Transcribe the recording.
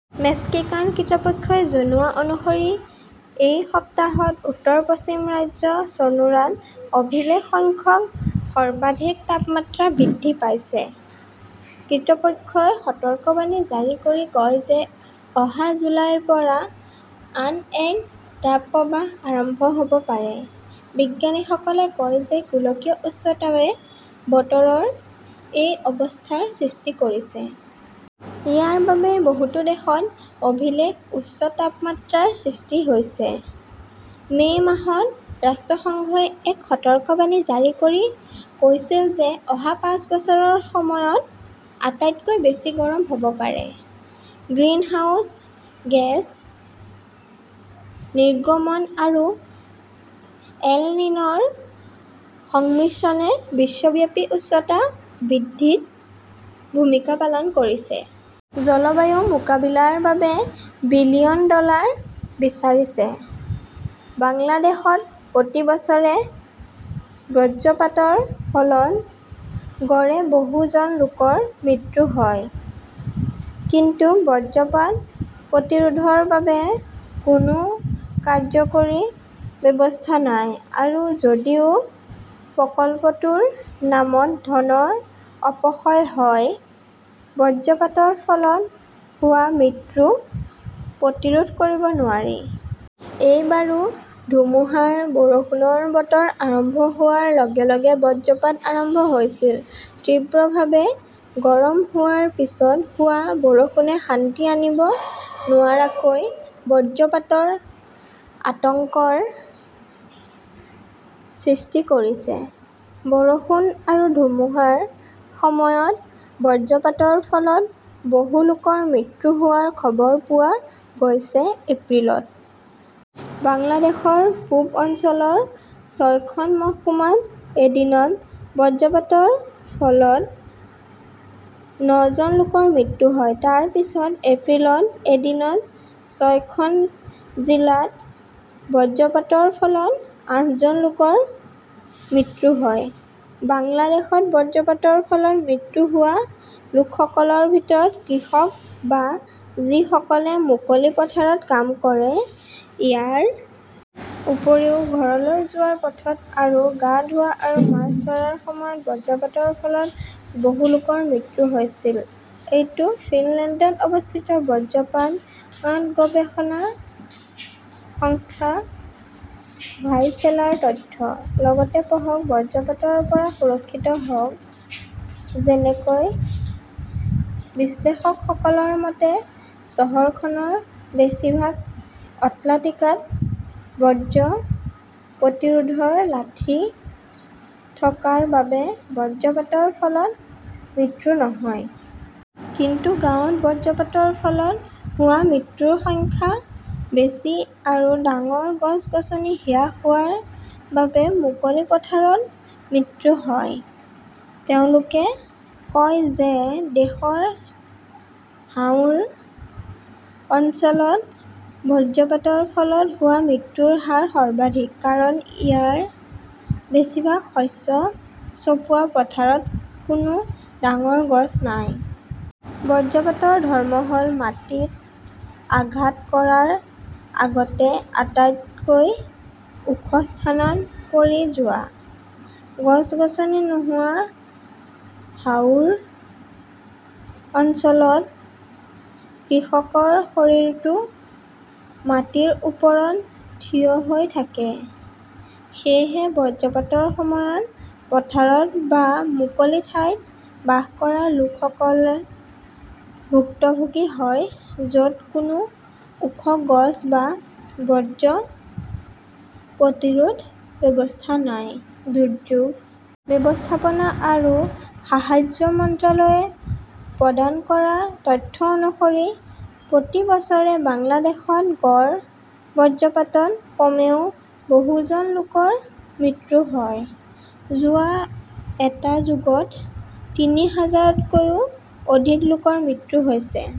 Mexican কৃতপক্ষই জনোৱা অনুসৰি এই সপ্তাহত উত্তৰ-পশ্চিম ৰাজ্য চনোৰাল অভিলেখ সংখ্যক সৰ্বাধিক তাপমাত্ৰা বৃদ্ধি পাইছে। কৃতপক্ষই সতৰ্কবাণী জাৰি কৰি কয় যে অহা জুলাইৰ পৰা আন এক তাপপ্ৰবাহ আৰম্ভ হ'ব পাৰে। বিজ্ঞানীসকলে কয় যে গোলকীয় উচ্চতাৱে বতৰৰ এই অৱস্থাৰ সৃষ্টি কৰিছে। ইয়াৰ বাবেই বহুতো দেশত অভিলেখ উচ্চ তাপমাত্ৰাৰ সৃষ্টি হৈছে। মে' মাহত ৰাষ্ট্ৰসংঘই এক সতৰ্কবাণী জাৰি কৰি কৈছিল যে অহা পাঁচ বছৰৰ সময়ত আটাইতকৈ বেছি গৰম হ'ব পাৰে। গ্ৰিনহাউজ গেছ নিৰ্গমন আৰু এল নিন'ৰ সংমিশ্ৰণে বিশ্বব্যাপী উচ্চতা বৃদ্ধিত ভূমিকা পালন কৰিছে। জলবায়ু মোকাবিলাৰ বাবে বিলিয়ন ডলাৰ বিচাৰিছে। বাংলাদেশত প্ৰতি বছৰে বজ্ৰপাতৰ ফলত গড়ে বহু জন লোকৰ মৃত্যু হয়। কিন্তু বজ্ৰপাত প্ৰতিৰোধৰ বাবে কোনো কাৰ্যকৰী ব্যৱস্থা নাই। আৰু যদিও প্ৰকল্পটোৰ নামত ধনৰ অপহয় হয়, বজ্ৰপাতৰ ফলত হোৱা মৃত্যু প্ৰতিৰোধ কৰিব নোৱাৰি। এইবাৰো ধুমুহাৰ বৰষুণৰ বতৰ আৰম্ভ হোৱাৰ লগে লগে বজ্ৰপাত আৰম্ভ হৈছিল। তীব্ৰভাৱে গৰম হোৱাৰ পিছত হোৱা বৰষুণে শান্তি আনিব নোৱাৰাকৈ বজ্ৰপাতৰ আতংকৰ সৃষ্টি কৰিছে। বৰষুণ আৰু ধুমুহাৰ সময়ত বজ্ৰপাতৰ ফলত বহু লোকৰ মৃত্যু হোৱাৰ খবৰ পোৱা গৈছে। এপ্ৰিলত বাংলাদেশৰ পূব অঞ্চলৰ ছয়খন মহকুমাত এদিনত বজ্ৰপাতৰ ফলত নজন লোকৰ মৃত্যু হয়। তাৰ পিছত এপ্ৰিলত এদিনত ছয়খন জিলাত বজ্ৰপাতৰ ফলত আঠজন লোকৰ মৃত্যু হয়। বাংলাদেশত বজ্ৰপাতৰ ফলত মৃত্যু হোৱা লোকসকলৰ ভিতৰত কৃষক বা যিসকলে মুকলি পথাৰত কাম কৰে। ইয়াৰ উপৰিও, ঘৰলৈ যোৱাৰ পথত আৰু গা ধোৱা আৰু মাছ ধৰাৰ সময়ত বজ্ৰপাতৰ ফলত বহুলোকৰ মৃত্যু হৈছিল। এইটো ফিনলেণ্ডত অৱস্থিত বজ্ৰপাত গৱেষণা সংস্থা ভাইচেলাৰ তথ্য। লগতে পঢ়কঃ বজ্ৰপাতৰ পৰা সুৰক্ষিত হওঁক যেনেকৈ বিশ্লেষকসকলৰ মতে, চহৰখনৰ বেছিভাগ অট্লাটিকাত বজ্ৰ প্ৰতিৰোধৰ লাঠি থকাৰ বাবে বজ্ৰপাতৰ ফলত মৃত্যু নহয়। কিন্তু গাঁৱত বজ্ৰপাতৰ ফলত হোৱা মৃত্যুৰ সংখ্যা বেছি আৰু ডাঙৰ গছ-গছনি হ্ৰাস হোৱাৰ বাবে মুকলি পথাৰত মৃত্যু হয়। তেওঁলোকে কয় যে দেশৰ হাওৰ অঞ্চলত বজ্ৰপাতৰ ফলত হোৱা মৃত্যুৰ হাৰ সৰ্বাধিক। কাৰণ ইয়াৰ বেছিভাগ শস্য চপোৱা পথাৰত কোনো ডাঙৰ গছ নাই। বজ্ৰপাতৰ ধৰ্ম হ'ল মাটিত আঘাত কৰাৰ আগতে আটাইতকৈ ওখ স্থানত পৰি যোৱা। গছ-গছনি নোহোৱা হাওৰ অঞ্চলত কৃষকৰ শৰীৰটো মাটিৰ ওপৰত থিয় হৈ থাকে। সেয়েহে বজ্ৰপাতৰ সময়ত পথাৰত বা মুকলি ঠাইত বাস কৰা লোকসকল ভুক্তভোগী হয় য'ত কোনো ওখ গছ বা বজ্ৰ প্ৰতিৰোধ ব্যৱস্থা নাই। দুৰ্যোগ ব্যৱস্থাপনা আৰু সাহায্য মন্ত্ৰালয়ে প্ৰদান কৰা তথ্য অনুসৰি প্ৰতি বছৰে বাংলাদেশত গড় বজ্ৰপাতত কমেও বহুজন লোকৰ মৃত্যু হয়। যোৱা এটা যুগত তিনি হাজাৰতকৈও অধিক লোকৰ মৃত্যু হৈছে।